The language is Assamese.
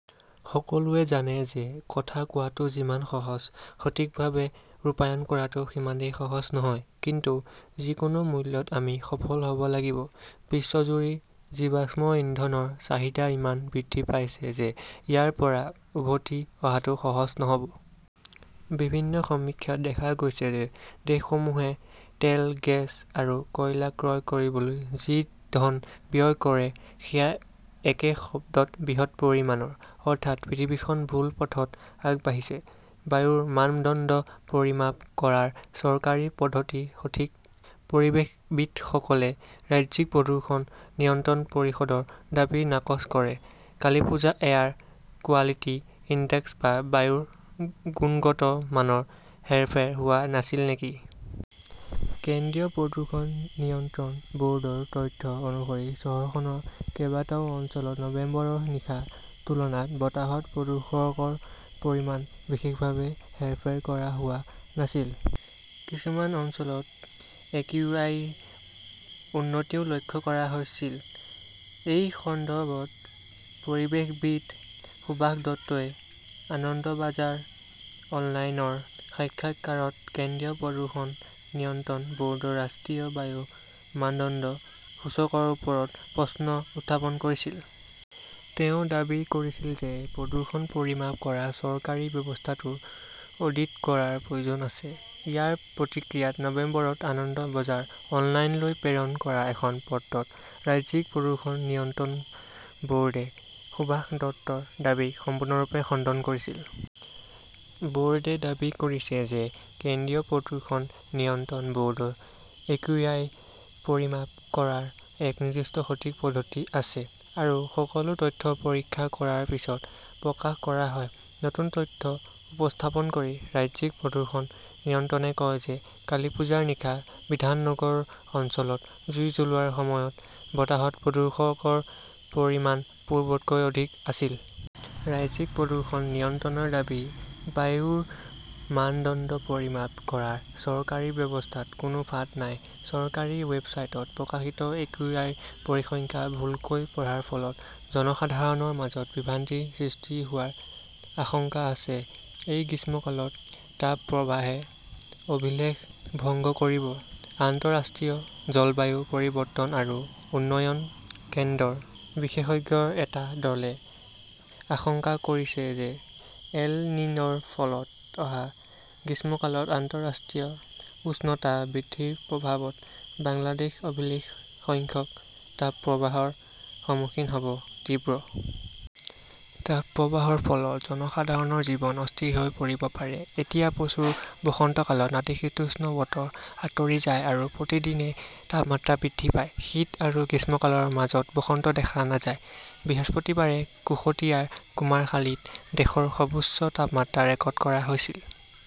সকলোৱে জানে যে কথা কোৱাটো যিমান সহজ, সঠিকভাৱে ৰূপায়ণ কৰাটো সিমানেই সহজ নহয়। কিন্তু যিকোনো মূল্যত আমি সফল হ"ব লাগিব। বিশ্বজুৰি জীৱাশ্ম ইন্ধনৰ চাহিদা ইমান বৃদ্ধি পাইছে যে ইয়াৰ পৰা উভতি অহাটো সহজ নহ'ব। বিভিন্ন সমীক্ষাত দেখা গৈছে যে দেশসমূহে তেল, গেছ আৰু কয়লা ক্ৰয় কৰিবলৈ যি ধন ব্যয় কৰে সেয়া একে শব্দত 'বৃহৎ পৰিমাণৰ'। অৰ্থাৎ, পৃথিৱীখন ভুল পথত আগবাঢ়িছে। বায়ুৰ মানদণ্ড পৰিমাপ কৰাৰ চৰকাৰী পদ্ধতি সঠিক, পৰিৱেশবিদসকলে ৰাজ্যিক প্ৰদূষণ নিয়ন্ত্ৰণ পৰিষদৰ দাবী নাকচ কৰে কালিপূজা এয়াৰ কোৱালিটি ইনডেক্স বা বায়ুৰ গুণগত মানৰ হেৰফেৰ হোৱা নাছিল নেকি? কেন্দ্ৰীয় প্ৰদূষণ নিয়ন্ত্ৰণ বৰ্ডৰ তথ্য অনুসৰি, চহৰখনৰ কেইবাটাও অঞ্চলত নৱেম্বৰৰ নিশা তুলনাত বতাহত প্ৰদূষকৰ পৰিমাণ বিশেষভাৱে হেৰফেৰ কৰা হোৱা নাছিল। কিছুমান অঞ্চলত একিউআইৰ উন্নতিও লক্ষ্য কৰা হৈছিল। এই সন্দৰ্ভত পৰিৱেশবিদ সুভাষ দত্তই আনন্দবাজাৰ অনলাইনৰ সাক্ষাৎকাৰত কেন্দ্ৰীয় প্ৰদূষণ নিয়ন্ত্ৰণ বৰ্ডৰ ৰাষ্ট্ৰীয় বায়ু মানদণ্ড সূচকৰ ওপৰত প্ৰশ্ন উত্থাপন কৰিছিল। তেওঁ দাবী কৰিছিল যে প্ৰদূষণ পৰিমাপ কৰা চৰকাৰী ব্যৱস্থাটোৰ অডিট কৰাৰ প্ৰয়োজন আছে। ইয়াৰ প্ৰতিক্ৰিয়াত নৱেম্বৰত আনন্দ বজাৰ অনলাইনলৈ প্ৰেৰণ কৰা এখন পত্ৰত ৰাজ্যিক প্ৰদূষণ নিয়ন্ত্ৰণ বৰ্ডে সুভাষ দত্তৰ দাবীক সম্পূৰ্ণৰূপে খণ্ডন কৰিছিল। বৰ্ডে দাবী কৰিছে যে কেন্দ্ৰীয় প্ৰদূষণ নিয়ন্ত্ৰণ বৰ্ডৰ একিউআই পৰিমাপ কৰাৰ এক নিৰ্দিষ্ট সঠিক পদ্ধতি আছে আৰু সকলো তথ্য পৰীক্ষা কৰাৰ পিছত প্ৰকাশ কৰা হয়। নতুন তথ্য উপস্থাপন কৰি ৰাজ্যিক প্ৰদূষণ নিয়ন্ত্ৰণে কয় যে কালিপূজাৰ নিশা বিধাননগৰ অঞ্চলত জুই জ্বলোৱাৰ সময়ত বতাহত প্ৰদূষকৰ পৰিমাণ পূৰ্বতকৈ অধিক আছিল। ৰাজ্যিক প্ৰদূষণ নিয়ন্ত্ৰণৰ দাবী, বায়ুৰ মানদণ্ড পৰিমাপ কৰাৰ চৰকাৰী ব্যৱস্থাত কোনো ফাঁদ নাই, চৰকাৰী ৱেবছাইটত প্ৰকাশিত একিউআইৰ পৰিসংখ্যা ভুলকৈ পঢ়াৰ ফলত জনসাধাৰণৰ মাজত বিভ্ৰান্তিৰ সৃষ্টি হোৱাৰ আশংকা আছে। এই গ্ৰীষ্মকালত তাপপ্ৰবাহে অভিলেখ ভংগ কৰিব আন্তঃৰাষ্ট্ৰীয় জলবায়ু পৰিৱৰ্তন আৰু উন্নয়ন কেন্দ্ৰৰ বিশেষজ্ঞৰ এটা দলে আশংকা কৰিছে যে এল-নিন'ৰ ফলত অহা গ্ৰীষ্মকালত আন্তঃৰাষ্ট্ৰীয় উষ্ণতা বৃদ্ধিৰ প্ৰভাৱত বাংলাদেশ অভিলেখ সংখ্যক তাপপ্ৰবাহৰ সন্মুখীন হ'ব। তীব্ৰ তাপপ্ৰবাহৰ ফলত জনসাধাৰণৰ জীৱন অস্থিৰ হৈ পৰিব পাৰে। এতিয়া প্ৰচুৰ বসন্তকালত নাতিশীতোষ্ণ বতৰ আঁতৰি যায় আৰু প্ৰতিদিনে তাপমাত্ৰা বৃদ্ধি পায়। শীত আৰু গ্ৰীষ্মকালৰ মাজত বসন্ত দেখা নাযায়। বৃহস্পতিবাৰে কুশটিয়াৰ কুমাৰখালীত দেশৰ সৰ্বোচ্চ তাপমাত্ৰা ৰেকৰ্ড কৰা হৈছিল।